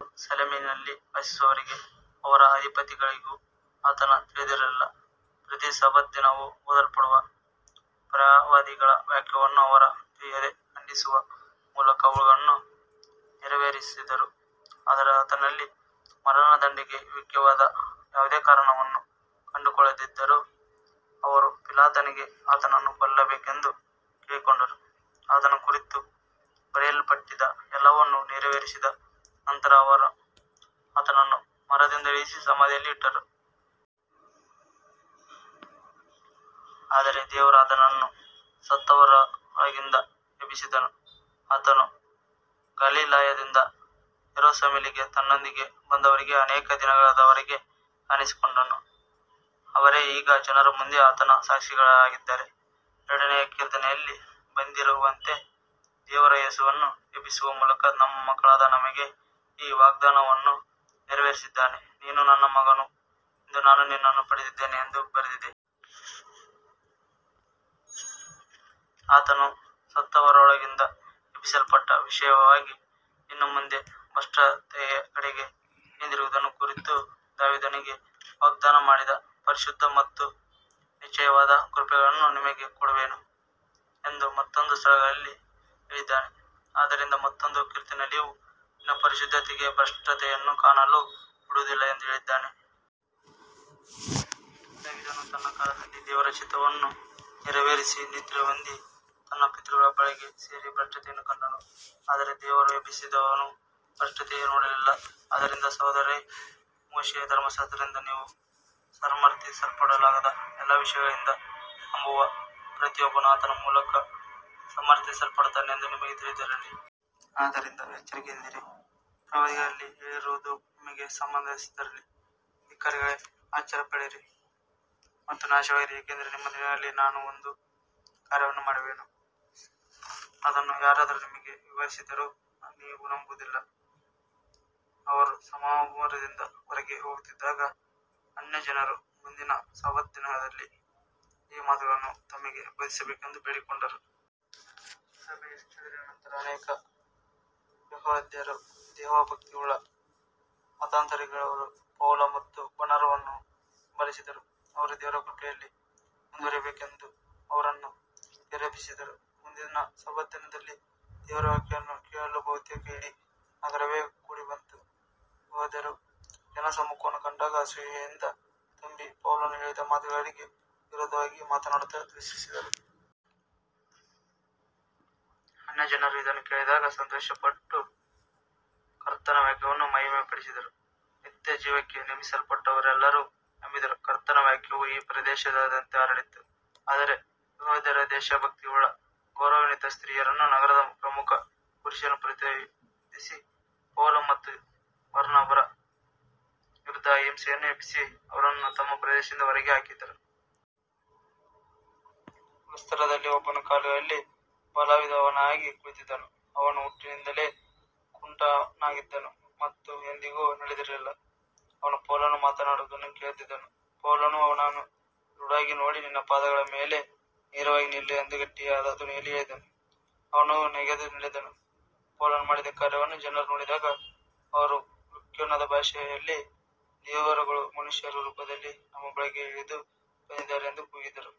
ಯೆರೂಸಲೇಮಿನಲ್ಲಿ ವಾಸಿಸುವವರಿಗೂ ಅವರ ಅಧಿಪತಿಗಳಿಗೂ ಆತನು ತಿಳಿದಿರಲಿಲ್ಲ. ಪ್ರತಿ ಸಬ್ಬತ್ ದಿನವೂ ಓದಲ್ಪಡುವ ಪ್ರವಾದಿಗಳ ವಾಕ್ಯಗಳನ್ನು ಅವರು ತಿಳಿಯದೆ ಖಂಡಿಸುವ ಮೂಲಕ ಅವುಗಳನ್ನು ನೆರವೇರಿಸಿದರು. ಆತನಲ್ಲಿ ಮರಣದಂಡನೆಗೆ ಯೋಗ್ಯವಾದ ಯಾವುದೇ ಕಾರಣವನ್ನು ಕಂಡುಕೊಳ್ಳದಿದ್ದರೂ ಅವರು ಪಿಲಾತನಿಗೆ ಆತನನ್ನು ಕೊಲ್ಲಬೇಕೆಂದು ಕೇಳಿಕೊಂಡರು. ಆತನ ಕುರಿತು ಬರೆಯಲ್ಪಟ್ಟಿದ್ದ ಎಲ್ಲವನ್ನೂ ನೆರವೇರಿಸಿದ ನಂತರ ಅವರು ಆತನನ್ನು ಮರದಿಂದ ಇಳಿಸಿ ಸಮಾಧಿಯಲ್ಲಿ ಇಟ್ಟರು. ಆದರೆ ದೇವರು ಆತನನ್ನು ಸತ್ತವರೊಳಗಿಂದ ಎಬ್ಬಿಸಿದನು. ಆತನು ಗಲಿಲಾಯದಿಂದ ಯೆರೂಸಲೇಮಿಗೆ ತನ್ನೊಂದಿಗೆ ಬಂದವರಿಗೆ ಅನೇಕ ದಿನಗಳವರೆಗೆ ಕಾಣಿಸಿಕೊಂಡನು. ಅವರೇ ಈಗ ಜನರ ಮುಂದೆ ಆತನ ಸಾಕ್ಷಿಗಳಾಗಿದ್ದಾರೆ. ಎರಡನೆಯ ಕೀರ್ತನೆಯಲ್ಲಿ ಬರೆದಿರುವಂತೆ, ದೇವರು ಯೇಸುವನ್ನು ಎಬ್ಬಿಸುವ ಮೂಲಕ ನಮ್ಮ ಮಕ್ಕಳಾದ ನಮಗೆ ಈ ವಾಗ್ದಾನವನ್ನು ನೆರವೇರಿಸಿದ್ದಾನೆ, ನೀನು ನನ್ನ ಮಗನು, ಇಂದು ನಾನು ನಿನ್ನನ್ನು ಪಡೆದಿದ್ದೇನೆ ಎಂದು ಬರೆದಿದೆ. ಆತನು ಸತ್ತವರೊಳಗಿಂದ ಎಬ್ಬಿಸಲ್ಪಟ್ಟ ವಿಷಯವಾಗಿ ಇನ್ನು ಮುಂದೆ ಭ್ರಷ್ಟತೆಯ ಕಡೆಗೆ ಹಿಂದಿರುಗದಿರುವುದನ್ನು ಕುರಿತು, ದಾವೀದನಿಗೆ ವಾಗ್ದಾನ ಮಾಡಿದ ಪರಿಶುದ್ಧ ಮತ್ತು ನಿಶ್ಚಯವಾದ ಕೃಪೆಗಳನ್ನು ನಿಮಗೆ ಕೊಡುವೆನು ಎಂದು ಮತ್ತೊಂದು ಸ್ಥಳದಲ್ಲಿ ಹೇಳಿದ್ದಾನೆ. ಆದ್ದರಿಂದ ಮತ್ತೊಂದು ಕೀರ್ತನೆಯಲ್ಲಿಯೂ, ನಿನ್ನ ಪರಿಶುದ್ಧನಿಗೆ ಭ್ರಷ್ಟತೆಯನ್ನು ಕಾಣಲು ಬಿಡುವುದಿಲ್ಲ ಎಂದು ಹೇಳಿದ್ದಾನೆ. ದಾವೀದನು ತನ್ನ ಕಾಲದಲ್ಲಿ ದೇವರ ಚಿತ್ತವನ್ನು ನೆರವೇರಿಸಿ ನಿದ್ರೆಹೊಂದಿ ತನ್ನ ಪಿತೃಗಳ ಬಳಿಗೆ ಸೇರಿ ಭ್ರಷ್ಟತೆಯನ್ನು ಕಂಡನು. ಆದರೆ ದೇವರು ಎಬ್ಬಿಸಿದವನು ಭ್ರಷ್ಟತೆಯನ್ನು ನೋಡಲಿಲ್ಲ. ಆದ್ದರಿಂದ ಸಹೋದರರೇ, ಮೋಶೆಯ ಧರ್ಮಶಾಸ್ತ್ರದಿಂದ ನೀವು ಸಮರ್ಥಿಸಲ್ಪಡಲಾಗದ ಎಲ್ಲ ವಿಷಯಗಳಿಂದ ನಂಬುವ ಪ್ರತಿಯೊಬ್ಬನೂ ಆತನ ಮೂಲಕ ಸಮರ್ಥಿಸಲ್ಪಡುತ್ತಾನೆ ಎಂದು ನಿಮಗೆ ತಿಳಿದಿರಲಿ. ಆದ್ದರಿಂದ ಎಚ್ಚರಿಕೆಯಿಂದಿರಿ, ಪ್ರವಾದಿಗಳಲ್ಲಿ ಹೇಳಿರುವುದು ನಿಮಗೆ ಸಂಭವಿಸದಿರಲಿ, ಧಿಕ್ಕಾರಿಗಳೇ, ಆಶ್ಚರ್ಯಪಡಿರಿ ಮತ್ತು ನಾಶವಾಗಿರಿ, ಏಕೆಂದರೆ ನಿಮ್ಮ ದಿನಗಳಲ್ಲಿ ನಾನು ಒಂದು ಕಾರ್ಯವನ್ನು ಮಾಡುವೆನು, ಅದನ್ನು ಯಾರಾದರೂ ನಿಮಗೆ ವಿವರಿಸಿದರೂ ನೀವು ನಂಬುವುದಿಲ್ಲ. ಅವರು ಸಭಾಮಂದಿರದಿಂದ ಹೊರಗೆ ಹೋಗುತ್ತಿದ್ದಾಗ ಅನ್ಯಜನರು ಮುಂದಿನ ಸಬ್ಬತ್ ದಿನದಲ್ಲಿ ಈ ಮಾತುಗಳನ್ನು ತಮಗೆ ಬೋಧಿಸಬೇಕೆಂದು ಬೇಡಿಕೊಂಡರು. ಸಭೆಯು ಚದುರಿದ ನಂತರ ಅನೇಕ ಯೆಹೂದ್ಯರೂ ದೇವಭಕ್ತಿಯುಳ್ಳ ಮತಾಂತರಿಗಳೂ ಪೌಲ ಮತ್ತು ಬರ್ನಬರನ್ನು ಹಿಂಬಾಲಿಸಿದರು. ಅವರು ದೇವರ ಕೃಪೆಯಲ್ಲಿ ಮುಂದುವರಿಯಬೇಕೆಂದು ಅವರನ್ನು ಪ್ರೇರೇಪಿಸಿದರು. ಮುಂದಿನ ಸಬ್ಬತ್ ದಿನದಲ್ಲಿ ದೇವರ ವಾಕ್ಯವನ್ನು ಕೇಳಲು ಬಹುತೇಕ ಇಡೀ ನಗರವೇ ಕೂಡಿಬಂತು. ಯೆಹೂದ್ಯರು ಜನಸಮೂಹವನ್ನು ಕಂಡಾಗ ಅಸೂಯೆಯಿಂದ ತುಂಬಿ ಪೌಲನು ಹೇಳಿದ ಮಾತುಗಳಿಗೆ ವಿರೋಧವಾಗಿ ಮಾತನಾಡುತ್ತಾ ದೂಷಿಸಿದರು. ಅನ್ಯಜನರು ಇದನ್ನು ಕೇಳಿದಾಗ ಸಂತೋಷಪಟ್ಟು ಕರ್ತನ ವಾಕ್ಯವನ್ನು ಮಹಿಮೆಪಡಿಸಿದರು. ನಿತ್ಯಜೀವಕ್ಕೆ ನೇಮಿಸಲ್ಪಟ್ಟವರೆಲ್ಲರೂ ನಂಬಿದರು. ಕರ್ತನ ವಾಕ್ಯವು ಆ ಪ್ರದೇಶದಾದ್ಯಂತ ಹರಡಿತು. ಆದರೆ ಯೆಹೂದ್ಯರು ದೇವಭಕ್ತಿಯುಳ್ಳ ಗೌರವಾನ್ವಿತ ಸ್ತ್ರೀಯರನ್ನೂ ನಗರದ ಪ್ರಮುಖ ಪುರುಷರನ್ನೂ ಪ್ರಚೋದಿಸಿ, ಪೌಲ ಮತ್ತು ಬರ್ನಬರ ವಿರುದ್ಧ ಹಿಂಸೆಯನ್ನು ಎಬ್ಬಿಸಿ ಅವರನ್ನು ತಮ್ಮ ಪ್ರದೇಶದಿಂದ ಹೊರಗೆ ಹಾಕಿಸಿದರು. ಲುಸ್ತ್ರದಲ್ಲಿ ಒಬ್ಬನು ಕಾಲುಗಳಲ್ಲಿ ಬಲವಿಲ್ಲದವನಾಗಿ ಕುಳಿತಿದ್ದನು. ಅವನು ಹುಟ್ಟಿನಿಂದಲೇ ಕುಂಟನಾಗಿದ್ದನು ಮತ್ತು ಎಂದಿಗೂ ನಡೆದಿರಲಿಲ್ಲ. ಅವನು ಪೌಲನು ಮಾತನಾಡುವುದನ್ನು ಕೇಳುತ್ತಿದ್ದನು. ಪೌಲನು ಅವನನ್ನು ದೃಢವಾಗಿ ನೋಡಿ, ನಿನ್ನ ಪಾದಗಳ ಮೇಲೆ ನೇರವಾಗಿ ನಿಲ್ಲು ಎಂದು ಗಟ್ಟಿಯಾದ ಧ್ವನಿಯಲ್ಲಿ ಹೇಳಿದನು. ಅವನು ನೆಗೆದು ನಡೆದನು. ಪೌಲನು ಮಾಡಿದ ಕಾರ್ಯವನ್ನು ಜನರು ನೋಡಿದಾಗ ಅವರು ಲುಕೋನ್ಯದ ಭಾಷೆಯಲ್ಲಿ, ದೇವರುಗಳು ಮನುಷ್ಯರ ರೂಪದಲ್ಲಿ ನಮ್ಮ ಬಳಿಗೆ ಇಳಿದು ಬಂದಿದ್ದಾರೆ ಎಂದು ಕೂಗಿದರು.